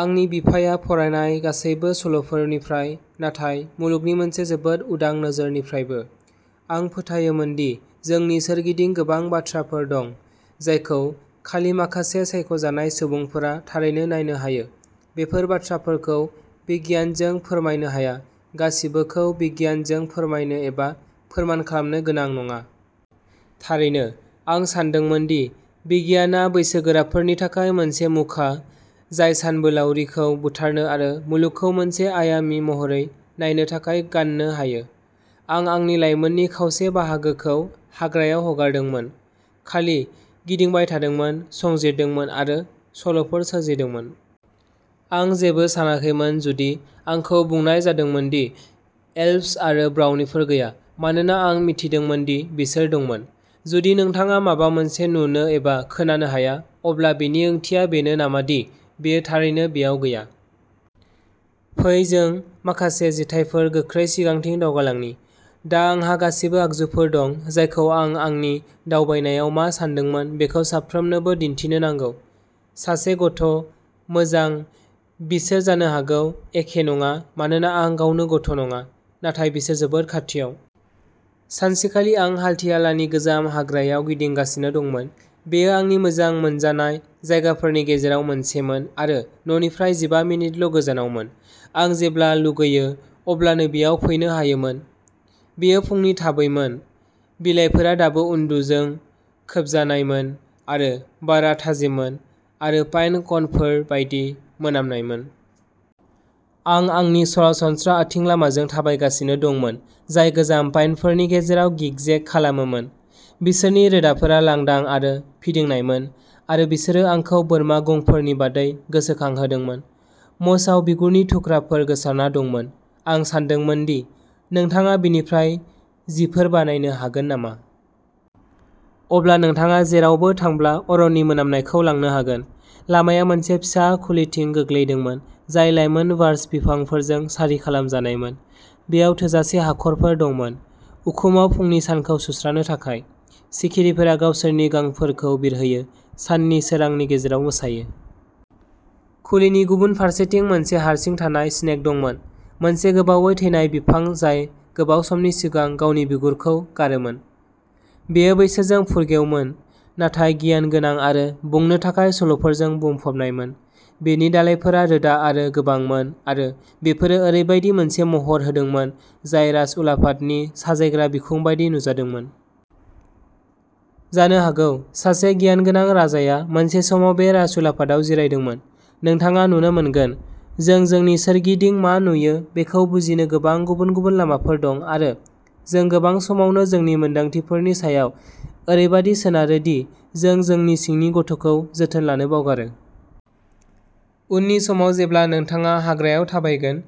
आंनि बिफाया फरायनाय गासैबो सल'फोरनिफ्राय, नाथाय मुलुगनि मोनसे जोबोद उदां नोजोरनिफ्रायबो। आं फोथायोमोनदि जोंनि सोरगिदिं गोबां बाथ्राफोर दं जायखौ खालि माखासे सायख' जानाय सुबुंफोरा थारैनो नायनो हायो। बेफोर बाथ्राफोरखौ बिगियानजों फोरमायनो हाया। गासिबोखौ बिगियानजों फोरमायनो एबा फोरमान खालामनो गोनां नङा। थारैनो, आं सानदोंमोन दि बिगियानआ बैसोगोराफोरनि थाखाय मोनसे मुखा, जाय सानबोलावरिखौ बुथारनो आरो मुलुगखौ मोनसे आयामी महरै नायनो थाखाय गाननो हायो। आं आंनि लायमोननि खावसे बाहागोखौ हाग्रायाव हगारदोंमोन, खालि गिदिंबाय थादोंमोन, संजिरदोंमोन आरो सल'फोर सोरजिदोंमोन। आं जेबो सानाखैमोन जुदि आंखौ बुंनाय जादोंमोन दि एल्व्स आरो ब्राउनिफोर गैया, मानोना आं मिथिदोंमोन दि बिसोर दंमोन। जुदि नोंथाङा माबा मोनसे नुनो एबा खोनानो हाया, अब्ला बेनि ओंथिया बेनो नामा दि बेयो थारैनो बेयाव गैया? फै जों माखासे जिथायफोर गोख्रै सिगांथिं दावगालांनि। दा आंहा गासिबो आगजुफोर दं जायखौ आं आंनि दावबायनायाव मा सानदोंमोन बेखौ साफ्रोमनोबो दिन्थिनो नांगौ। सासे गथ'। मोजां, बिसोर जानो हागौ एखे नङा मानोना आं गावनो गथ' नङा, नाथाय बिसोर जोबोद खाथियाव। सानसेखालि आं हाल्टियालानि गोजाम हाग्रायाव गिदिंगासिनो दंमोन। बेयो आंनि मोजां मोनजानाय जायगाफोरनि गेजेराव मोनसेमोन आरो न'निफ्राय जिबा मिनिटल' गोजानावमोन। आं जेब्ला लुगैयो अब्लानो बेयाव फैनो हायोमोन। बेयो फुंनि थाबैमोन। बिलाइफोरा दाबो उन्दुजों खोबजानायमोन आरो बारआ थाजिममोन आरो पाइन कनफोर बायदि मोनामनायमोन। आं आंनि सरासनस्रा आथिं लामाजों थाबायगासिनो दंमोन, जाय गोजाम पाइनफोरनि गेजेराव गिगजेग खालामोमोन। बिसोरनि रोदाफोरा लांदां आरो फिदिंनायमोन आरो बिसोरो आंखौ बोरमा गंफोरनि बादै गोसोखांहोदोंमोन। मसआव बिगुरनि थुख्राफोर गोसारना दंमोन। आं सानदोंमोन दि नोंथाङा बेनिफ्राय जिफोर बानायनो हागोन नामा। अब्ला नोंथाङा जेरावबो थांब्ला अरननि मोनामनायखौ लांनो हागोन। लामाया मोनसे फिसा खुलिथिं गोग्लैदोंमोन, जाय लायमोन बार्च बिफांफोरजों सारि खालामजानायमोन। बेयाव थोजासे हाखरफोर दंमोन। उखुमआव फुंनि सानखौ सुस्रानो थाखाय। सिखिरिफोरा गावसोरनि गांफोरखौ बिरहोयो, साननि सोरांनि गेजेराव मोसायो। खुलिनि गुबुन फारसेथिं मोनसे हारसिं थानाय स्नेग दंमोन, मोनसे गोबावै थैनाय बिफां जाय गोबाव समनि सिगां गावनि बिगुरखौ गारोमोन। बेयो बैसोजों फुरगेवमोन, नाथाय गियानगोनां आरो बुंनो थाखाय सल'फोरजों बुंफबनायमोन। बेनि दालाइफोरा रोदा आरो गोबांमोन आरो बेफोरो ओरैबायदि मोनसे महर होदोंमोन जाय राजउलाफादनि साजायग्रा बिखुं बायदि नुजादोंमोन। जानो हागौ सासे गियानगोनां राजाया मोनसे समाव बे राजउलाफादाव जिरायदोंमोन। नोंथाङा नुनो मोनगोन, जों जोंनि सोरगिदिं मा नुयो बेखौ बुजिनो गोबां गुबुन-गुबुन लामाफोर दं आरो जों गोबां समावनो जोंनि मोनदांथिफोरनि सायाव ओरैबादि सोनारो दि जों जोंनि सिंनि गथ'खौ जोथोन लानो बावगारो। उननि समाव जेब्ला नोंथाङा हाग्रायाव थाबायगोन,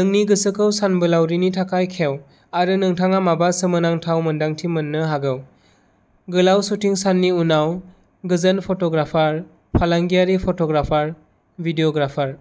नोंनि गोसोखौ सानबोलावरिनि थाखाय खेव आरो नोंथाङा माबा सोमोनांथाव मोन्दांथि मोननो हागौ। गोलाव शुटिं साननि उनाव गोजोन फट'ग्राफार। फालांगियारि फट'ग्राफार, भिडिय'ग्राफार,